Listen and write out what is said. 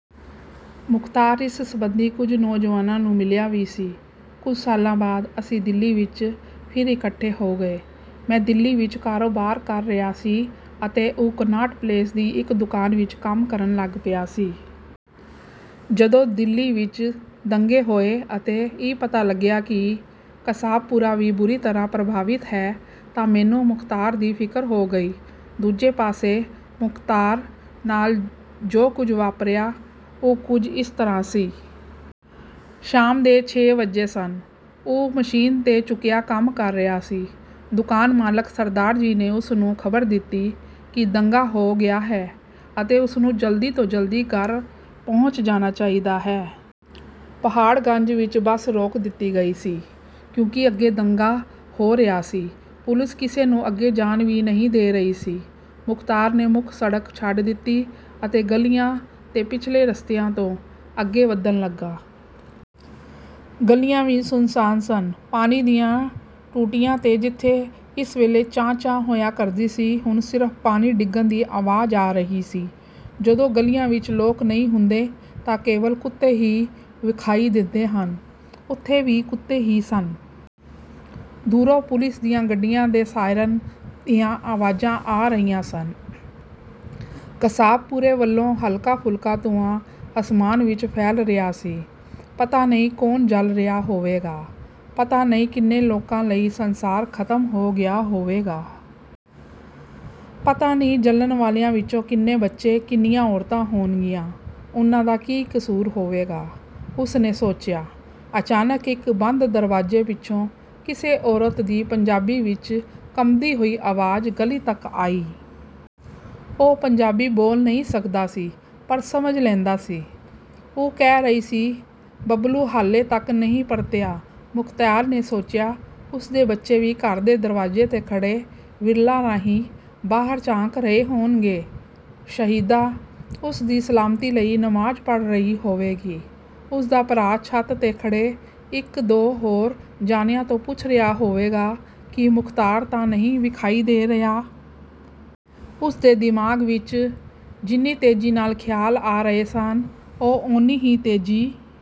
ਮੁਖ਼ਤਾਰ ਇਸ ਸਬੰਧੀ ਕੁਝ ਨੌਜਵਾਨਾਂ ਨੂੰ ਮਿਲਿਆ ਵੀ ਸੀ। ਕੁਝ ਸਾਲਾਂ ਬਾਅਦ ਅਸੀਂ ਦਿੱਲੀ ਵਿੱਚ ਫਿਰ ਇਕੱਠੇ ਹੋ ਗਏ। ਮੈਂ ਦਿੱਲੀ ਵਿੱਚ ਕਾਰੋਬਾਰ ਕਰ ਰਿਹਾ ਸੀ ਅਤੇ ਉਹ ਕਨਾਟ ਪਲੇਸ ਦੀ ਇੱਕ ਦੁਕਾਨ ਵਿੱਚ ਕੰਮ ਕਰਨ ਲੱਗ ਪਿਆ ਸੀ। ਜਦੋਂ ਦਿੱਲੀ ਵਿੱਚ ਦੰਗੇ ਹੋਏ ਅਤੇ ਇਹ ਪਤਾ ਲੱਗਿਆ ਕਿ ਕਸਾਬਪੁਰਾ ਵੀ ਬੁਰੀ ਤਰ੍ਹਾਂ ਪ੍ਰਭਾਵਿਤ ਹੈ ਤਾਂ ਮੈਨੂੰ ਮੁਖ਼ਤਾਰ ਦੀ ਫ਼ਿਕਰ ਹੋ ਗਈ। ਦੂਜੇ ਪਾਸੇ ਮੁਖ਼ਤਾਰ ਨਾਲ ਜੋ ਕੁਝ ਵਾਪਰਿਆ, ਉਹ ਕੁਝ ਇਸ ਤਰ੍ਹਾਂ ਸੀ। ਸ਼ਾਮ ਦੇ ਛੇ ਵੱਜੇ ਸਨ। ਉਹ ਮਸ਼ੀਨ 'ਤੇ ਝੁਕਿਆ ਕੰਮ ਕਰ ਰਿਹਾ ਸੀ। ਦੁਕਾਨ ਮਾਲਕ ਸਰਦਾਰ ਜੀ ਨੇ ਉਸ ਨੂੰ ਖ਼ਬਰ ਦਿੱਤੀ ਕਿ ਦੰਗਾ ਹੋ ਗਿਆ ਹੈ ਅਤੇ ਉਸ ਨੂੰ ਜਲਦੀ ਤੋਂ ਜਲਦੀ ਘਰ ਪਹੁੰਚ ਜਾਣਾ ਚਾਹੀਦਾ ਹੈ। ਪਹਾੜਗੰਜ ਵਿੱਚ ਬੱਸ ਰੋਕ ਦਿੱਤੀ ਗਈ ਸੀ ਕਿਉਂਕਿ ਅੱਗੇ ਦੰਗਾ ਹੋ ਰਿਹਾ ਸੀ। ਪੁਲਿਸ ਕਿਸੇ ਨੂੰ ਅੱਗੇ ਜਾਣ ਵੀ ਨਹੀਂ ਦੇ ਰਹੀ ਸੀ। ਮੁਖ਼ਤਾਰ ਨੇ ਮੁੱਖ ਸੜਕ ਛੱਡ ਦਿੱਤੀ ਅਤੇ ਗਲੀਆਂ ਤੇ ਪਿਛਲੇ ਰਸਤਿਆਂ ਤੋਂ ਅੱਗੇ ਵਧਣ ਲੱਗਾ। ਗਲੀਆਂ ਵੀ ਸੁੰਨਸਾਨ ਸਨ। ਪਾਣੀ ਦੀਆਂ ਟੂਟੀਆਂ 'ਤੇ, ਜਿੱਥੇ ਇਸ ਵੇਲੇ ਚਾਂ-ਚਾਂ ਹੋਇਆ ਕਰਦੀ ਸੀ, ਹੁਣ ਸਿਰਫ਼ ਪਾਣੀ ਡਿੱਗਣ ਦੀ ਆਵਾਜ਼ ਆ ਰਹੀ ਸੀ। ਜਦੋਂ ਗਲੀਆਂ ਵਿੱਚ ਲੋਕ ਨਹੀਂ ਹੁੰਦੇ ਤਾਂ ਕੇਵਲ ਕੁੱਤੇ ਹੀ ਵਿਖਾਈ ਦਿੰਦੇ ਹਨ, ਉੱਥੇ ਵੀ ਕੁੱਤੇ ਹੀ ਸਨ। ਦੂਰੋਂ ਪੁਲਿਸ ਦੀਆਂ ਗੱਡੀਆਂ ਦੇ ਸਾਇਰਨ ਦੀਆਂ ਆਵਾਜ਼ਾਂ ਆ ਰਹੀਆਂ ਸਨ। ਕਸਾਬਪੁਰੇ ਵੱਲੋਂ ਹਲਕਾ-ਫੁਲਕਾ ਧੂੰਆਂ ਅਸਮਾਨ ਵਿੱਚ ਫੈਲ ਰਿਹਾ ਸੀ। 'ਪਤਾ ਨਹੀਂ ਕੌਣ ਜਲ ਰਿਹਾ ਹੋਵੇਗਾ, ਪਤਾ ਨਹੀਂ ਕਿੰਨੇ ਲੋਕਾਂ ਲਈ ਸੰਸਾਰ ਖ਼ਤਮ ਹੋ ਗਿਆ ਹੋਵੇਗਾ! ਪਤਾ ਨਹੀਂ ਜਲਣ ਵਾਲਿਆਂ ਵਿੱਚੋਂ ਕਿੰਨੇ ਬੱਚੇ, ਕਿੰਨੀਆਂ ਔਰਤਾਂ ਹੋਣਗੀਆਂ! ਉਹਨਾਂ ਦਾ ਕੀ ਕਸੂਰ ਹੋਵੇਗਾ?' ਉਸ ਨੇ ਸੋਚਿਆ। ਅਚਾਨਕ ਇੱਕ ਬੰਦ ਦਰਵਾਜ਼ੇ ਪਿੱਛੋਂ ਕਿਸੇ ਔਰਤ ਦੀ ਪੰਜਾਬੀ ਵਿੱਚ ਕੰਬਦੀ ਹੋਈ ਆਵਾਜ਼ ਗਲੀ ਤੱਕ ਆਈ। ਉਹ ਪੰਜਾਬੀ ਬੋਲ ਨਹੀਂ ਸਕਦਾ ਸੀ, ਪਰ ਸਮਝ ਲੈਂਦਾ ਸੀ। ਉਹ ਕਹਿ ਰਹੀ ਸੀ, "ਬਬਲੂ ਹਾਲੇ ਤੱਕ ਨਹੀਂ ਪਰਤਿਆ।" ਮੁਖ਼ਤਾਰ ਨੇ ਸੋਚਿਆ, ਉਸ ਦੇ ਬੱਚੇ ਵੀ ਘਰ ਦੇ ਦਰਵਾਜ਼ੇ 'ਤੇ ਖੜ੍ਹੇ ਵਿਰਲਾਂ ਰਾਹੀਂ ਬਾਹਰ ਝਾਕ ਰਹੇ ਹੋਣਗੇ, ਸ਼ਾਹਿਦਾ ਉਸ ਦੀ ਸਲਾਮਤੀ ਲਈ ਨਮਾਜ਼ ਪੜ੍ਹ ਰਹੀ ਹੋਵੇਗੀ, ਉਸ ਦਾ ਭਰਾ ਛੱਤ 'ਤੇ ਖੜ੍ਹੇ ਇੱਕ-ਦੋ ਹੋਰ ਜਾਣਿਆਂ ਤੋਂ ਪੁੱਛ ਰਿਹਾ ਹੋਵੇਗਾ ਕਿ ਮੁਖ਼ਤਾਰ ਤਾਂ ਨਹੀਂ ਵਿਖਾਈ ਦੇ ਰਿਹਾ। ਉਸ ਦੇ ਦਿਮਾਗ਼ ਵਿੱਚ ਜਿੰਨੀ ਤੇਜ਼ੀ ਨਾਲ ਖ਼ਿਆਲ ਆ ਰਹੇ ਸਨ, ਉਹ ਓਨੀ ਹੀ ਤੇਜ਼ੀ